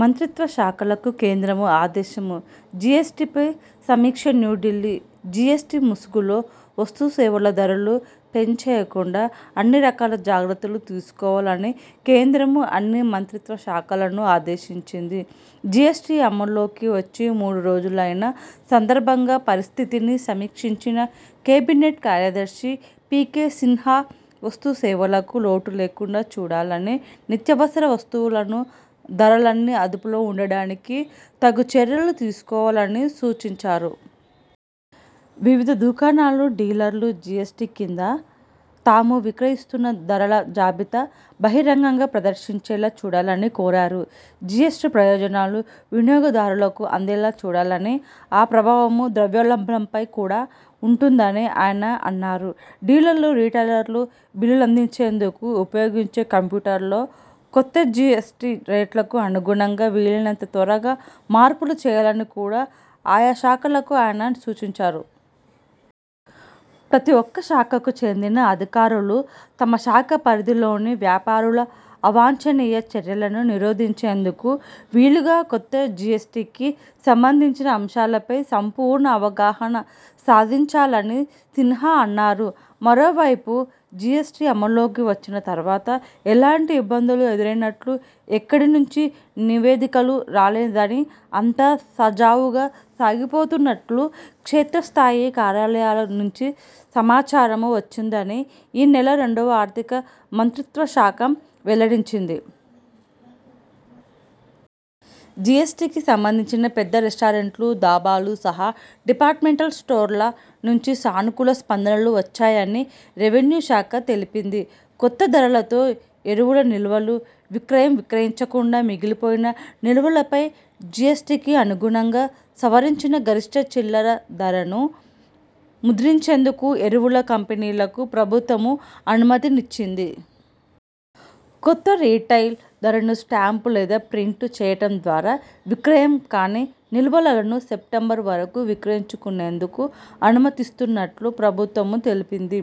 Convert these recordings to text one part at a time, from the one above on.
మంత్రిత్వ శాఖలకు కేంద్రం ఆదేశం జిఎస్టిపై సమీక్షన్యూఢిల్లీ జిఎస్టి ముసుగులో వస్తుసేవల ధరలు పెంచేయకుండా అన్ని రకాల జాగ్రత్తలు తీసుకోవాలని కేంద్రం అన్ని మంత్రిత్వ శాఖలను ఆదేశించింది. జిఎస్టి అమల్లోకి వచ్చి మూడు రోజులైన సందర్భంగా పరిస్థితిని సమీక్షించిన కేబినెట్ కార్యదర్శి పికె సిన్హా వస్తుసేవలకు లోటు లేకుండా చూడాలని, నిత్యావసర వస్తువులను ధరలన్నీ అదుపులో ఉండడానికి తగు చర్యలు తీసుకోవాలని సూచించారు. వివిధ దుకాణాలు, డీలర్లు జిఎ్సటి కింద తాము విక్రయిస్తున్న ధరల జాబితా బహిరంగంగా ప్రదర్శించేలా చూడాలని కోరారు. జిఎ్సటి ప్రయోజనాలు వినియోగదారులకు అందేలా చూడాలని, ఆ ప్రభావం ద్రవ్యోల్బంపై కూడా ఉంటుందని ఆయన అన్నారు. డీలర్లు, రిటైలర్లు బిల్లులందించేందుకు ఉపయోగించే కంప్యూటర్లో కొత్త జిఎస్టి రేట్లకు అనుగుణంగా వీలైనంత త్వరగా మార్పులు చేయాలని కూడా ఆయాశాఖలకు ఆయన సూచించారు. ప్రతి ఒక్క శాఖకు చెందిన అధికారులు తమ శాఖ పరిధిలోని వ్యాపారుల అవాంఛనీయ చర్యలను నిరోధించేందుకు వీలుగా కొత్త జిఎస్టికి సంబంధించిన అంశాలపై సంపూర్ణ అవగాహన సాధించాలని సిన్హా అన్నారు. మరోవైపు జిఎ్సటి అమల్లోకి వచ్చిన తర్వాత ఎలాంటి ఇబ్బందులు ఎదురైనట్లు ఎక్కడి నుంచి నివేదికలు రాలేదని, అంతా సజావుగా సాగిపోతున్నట్లు క్షేత్ర స్థాయి కార్యాలయాల నుంచి సమాచారము వచ్చిందని ఈ నెల రెండో వ ఆర్థిక మంత్రిత్వ శాఖం వెల్లడించింది. జిఎ్సటికి సంబంధించిన పెద్ద రెస్టారెంట్లు, దాబాలు సహా డిపార్ట్మెంటల్ స్టోర్ల నుంచి సానుకూల స్పందనలు వచ్చాయని రెవెన్యూ శాఖ తెలిపింది. కొత్త ధరలతో ఎరువుల నిల్వలు విక్రయంవిక్రయించకుండా మిగిలిపోయిన నిల్వలపై జిఎ్సటికి అనుగుణంగా సవరించిన గరిష్ఠ చిల్లర ధర ను ముద్రించేందుకు ఎరువుల కంపెనీలకు ప్రభుత్వం అనుమతిని ఇచ్చింది. కొత్త రిటైల్ ధరను స్టాంప్ లేదా ప్రింట్ చేయటం ద్వారా విక్రయం కాని నిల్వలను సెప్టెంబరు వరకు విక్రయించుకునేందుకు అనుమతిస్తున్నట్లు ప్రభుత్వము తెలిపింది.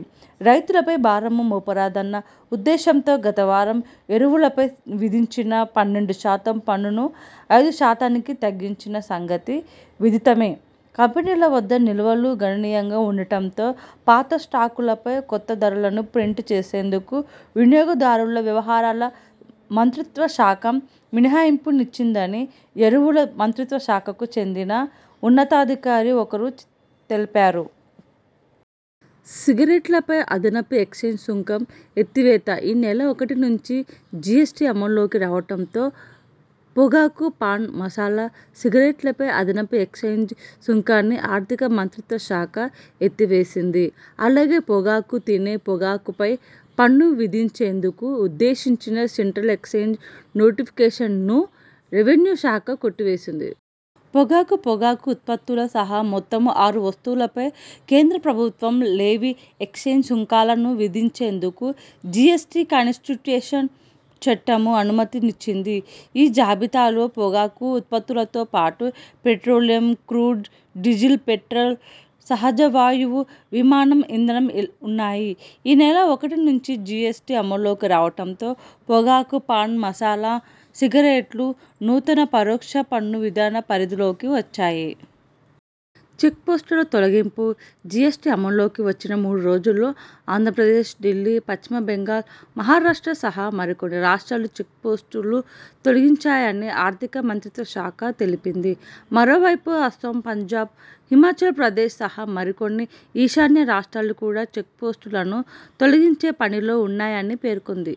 రైతులపై భారము మోపరాదన్న ఉద్దేశంతో గతవారం ఎరువులపై విధించిన పన్నెండు శాతం పన్నును ఐదు శాతానికి తగ్గించిన సంగతి విదితమే. కంపెనీల వద్ద నిల్వలు గణనీయంగా ఉండటంతో పాత స్టాకులపై కొత్త ధరలను ప్రింట్ చేసేందుకు వినియోగదారుల వ్యవహారాల మంత్రిత్వ శాఖం మినహాయింపునిచ్చిందని ఎరువుల మంత్రిత్వ శాఖకు చెందిన ఉన్నతాధికారి ఒకరు తెలిపారు. సిగరెట్లపై అదనపు ఎక్స్చేంజ్ సుంకం ఎత్తివేత ఈ నెల ఒకటి నుంచి జిఎస్టి అమల్లోకి రావటంతో పొగాకు, పాన్ మసాలా, సిగరెట్లపై అదనపు ఎక్స్చేంజ్ సుంకాన్ని ఆర్థిక మంత్రిత్వ శాఖ ఎత్తివేసింది. అలాగే పొగాకు, తినే పొగాకుపై పన్ను విధించేందుకు ఉద్దేశించిన సెంట్రల్ ఎక్స్చేంజ్ నోటిఫికేషన్ను రెవెన్యూ శాఖ కొట్టివేసింది. పొగాకు, పొగాకు ఉత్పత్తుల సహా మొత్తం ఆరు వస్తువులపై కేంద్ర ప్రభుత్వం లెవీ ఎక్స్చేంజ్ సుంకాలను విధించేందుకు జిఎ్సటి కానిస్టిట్యూటేషన్ చట్టం అనుమతినిచ్చింది. ఈ జాబితాలో పొగాకు ఉత్పత్తులతో పాటు పెట్రోలియం క్రూడ్, డీజిల్, పెట్రోల్, సహజవాయువు, విమానం ఇంధనం ఇల్ ఉన్నాయి. ఈ నెల ఒకటి నుంచి జిఎ్సటి అమల్లోకి రావటంతో పొగాకు, పాన్ మసాలా, సిగరెట్లు నూతన పరోక్ష పన్ను విధాన పరిధిలోకి వచ్చాయి. చెక్పోస్టుల తొలగింపు జిఎ్సటి అమల్లోకి వచ్చిన మూడు రోజుల్లో ఆంధ్రప్రదేశ్, ఢిల్లీ, పశ్చిమ బెంగాల్, మహారాష్ట్ర సహా మరికొన్ని రాష్ట్రాలు చెక్పోస్టులు తొలగించాయని ఆర్థిక మంత్రిత్వ శాఖ తెలిపింది. మరోవైపు అస్సోం, పంజాబ్, హిమాచల్ ప్రదేశ్ సహా మరికొన్ని ఈశాన్య రాష్ట్రాలు కూడా చెక్పోస్టులను తొలగించే పనిలో ఉన్నాయని పేర్కొంది.